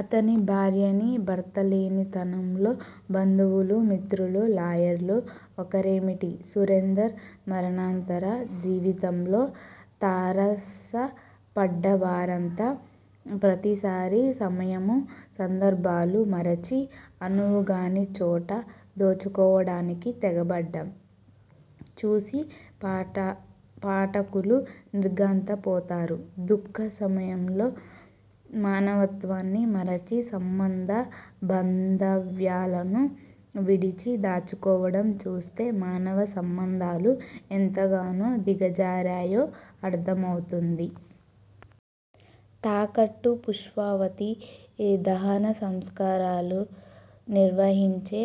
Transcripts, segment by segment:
అతని భార్యని- భర్తలేనితనంలో- బంధువులూ, మిత్రులూ, లాయర్లూ ఒకరేమిటి, సురేందర్ మరణానంతర జీవితంలో తారసపడ్డవారంతా ప్రతిసారి సమయము సందర్భాలు మరచి, అనువుగాని చోట దోచుకోవడానికి తెగబడ్డం చూసి పాఠకులు నిర్ఘాంతపోతారు. దుఃఖ సమయంలో మానవత్వాన్ని మరచి, సంబంధ బాంధవ్యాలను విడిచి దోచుకోవడం చూస్తే మానవ సంబంధాలు ఎంతగా దిగజారాయో అర్థమవుతుంది. తాకట్టు పుష్పావతి, దహన సంస్కారాలు నిర్వహించే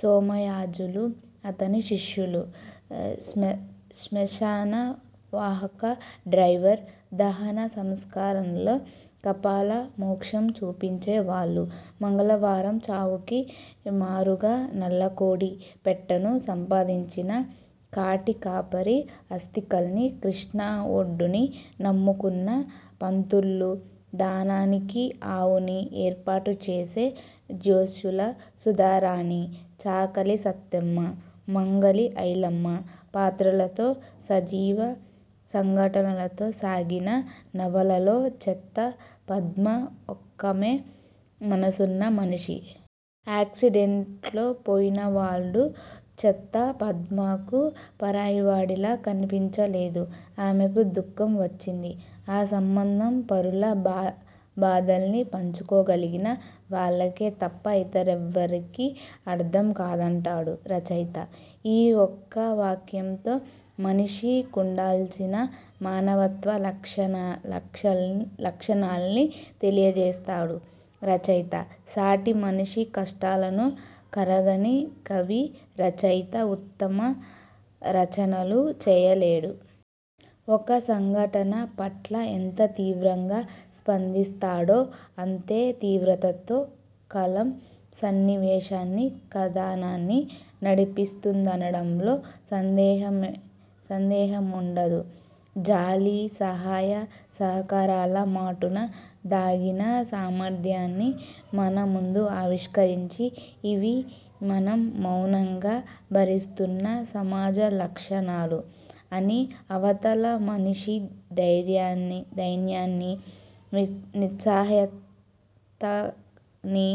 సోమయాజులు, అతని శిష్యుడు, శ్మశాన వాహక డ్రైవర్, దహన సంస్కారంలో కపాల మోక్షం చూపించే వాళ్ళు, మంగళవారం చావుకి మారుగా నల్లకోడి పెట్టను సంపాదించిన కాటి కాపరి, అస్థికల్నీ కృష్ణా ఒడ్డునీ నమ్ముకున్న పంతుళ్ళు, దానానికి ఆవుని ఏర్పాటు చేసే జోస్యుల సుధారాణి, చాకలి సత్తెమ్మ, మంగలి ఐలమ్మ పాత్రలతో సజీవ సంఘటనలతో సాగిన నవలలో చెత్త పద్మ ఒక్కామే మనసున్న మనిషి. ఆక్సిడెంట్లో పోయినవాడు చెత్త పద్మకు పరాయివాడిలా కన్పించలేదు. ఆమెకు దుఃఖం వచ్చింది. ఆ సంబంధం పరుల బాధల్ని పంచుకోగలిగిన వాళ్ళకే తప్ప ఇతర్లెవ్వరికీ అర్థం కాదంటాడు రచయిత. ఈ ఒక్క వాక్యంతో మనిషి కుండాల్సిన మానవత్వ లక్షణాల్ని తెలియజేస్తాడు రచయిత. సాటి మనిషి కష్టాలకు కరగని కవి, రచయిత ఉత్తమ రచనలు చెయ్యలేడు. ఒక సంఘటన పట్ల ఎంత తీవ్రంగా స్పందిస్తాడో అంతే తీవ్రతతో కలం సన్నివేశాన్నీ కథనాన్నీ నడిపిస్తుందనడంలో సందేహముండదు. జాలి, సహాయ సహకారాల మాటున దాగిన స్వార్థాన్ని మన ముందు ఆవిష్కరించి, ఇవీ మనం మౌనంగా భరిస్తున్న సమాజ లక్షణాలు అనీ, అవతల మనిషి దైన్యాన్నీ నిస్సహాయతనీ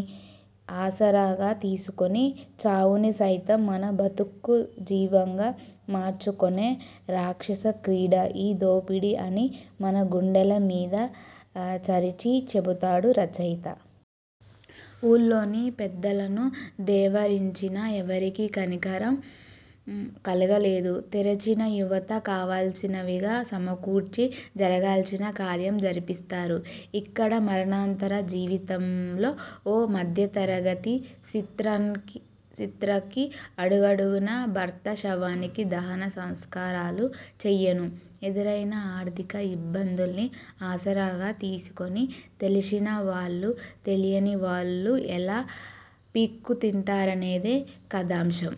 ఆసరాగా తీసుకుని చావుని సైతం మన బతుక్కు జీవంగా మార్చుకునే రాక్షస క్రీడ ఈ దోపిడీ అనీ మన గుండెల మీద చరిచి చెబుతాడు రచయిత. ఊర్లోని పెద్దల ను దేవురించినా ఎవరికీ కనికరం కలగలేదు. తెగించిన యువత కావాల్సినవి సమకూర్చి జరగాల్సిన కార్యం జరిపిస్తారు. ఇక్కడ 'మరణానంతర జీవితం'లో ఓ మధ్యతరగతి సీ్త్రకి అడుగడుగునా భర్త శవానికి దహన సంస్కారాలు చెయ్యను ఎదురైన ఆర్థిక ఇబ్బందుల్ని ఆసరాగా తీసుకుని తెలిసిన వాళ్ళూ తెలియనివాళ్ళూ ఎలా పీక్కుతింటారనేది కథాంశం.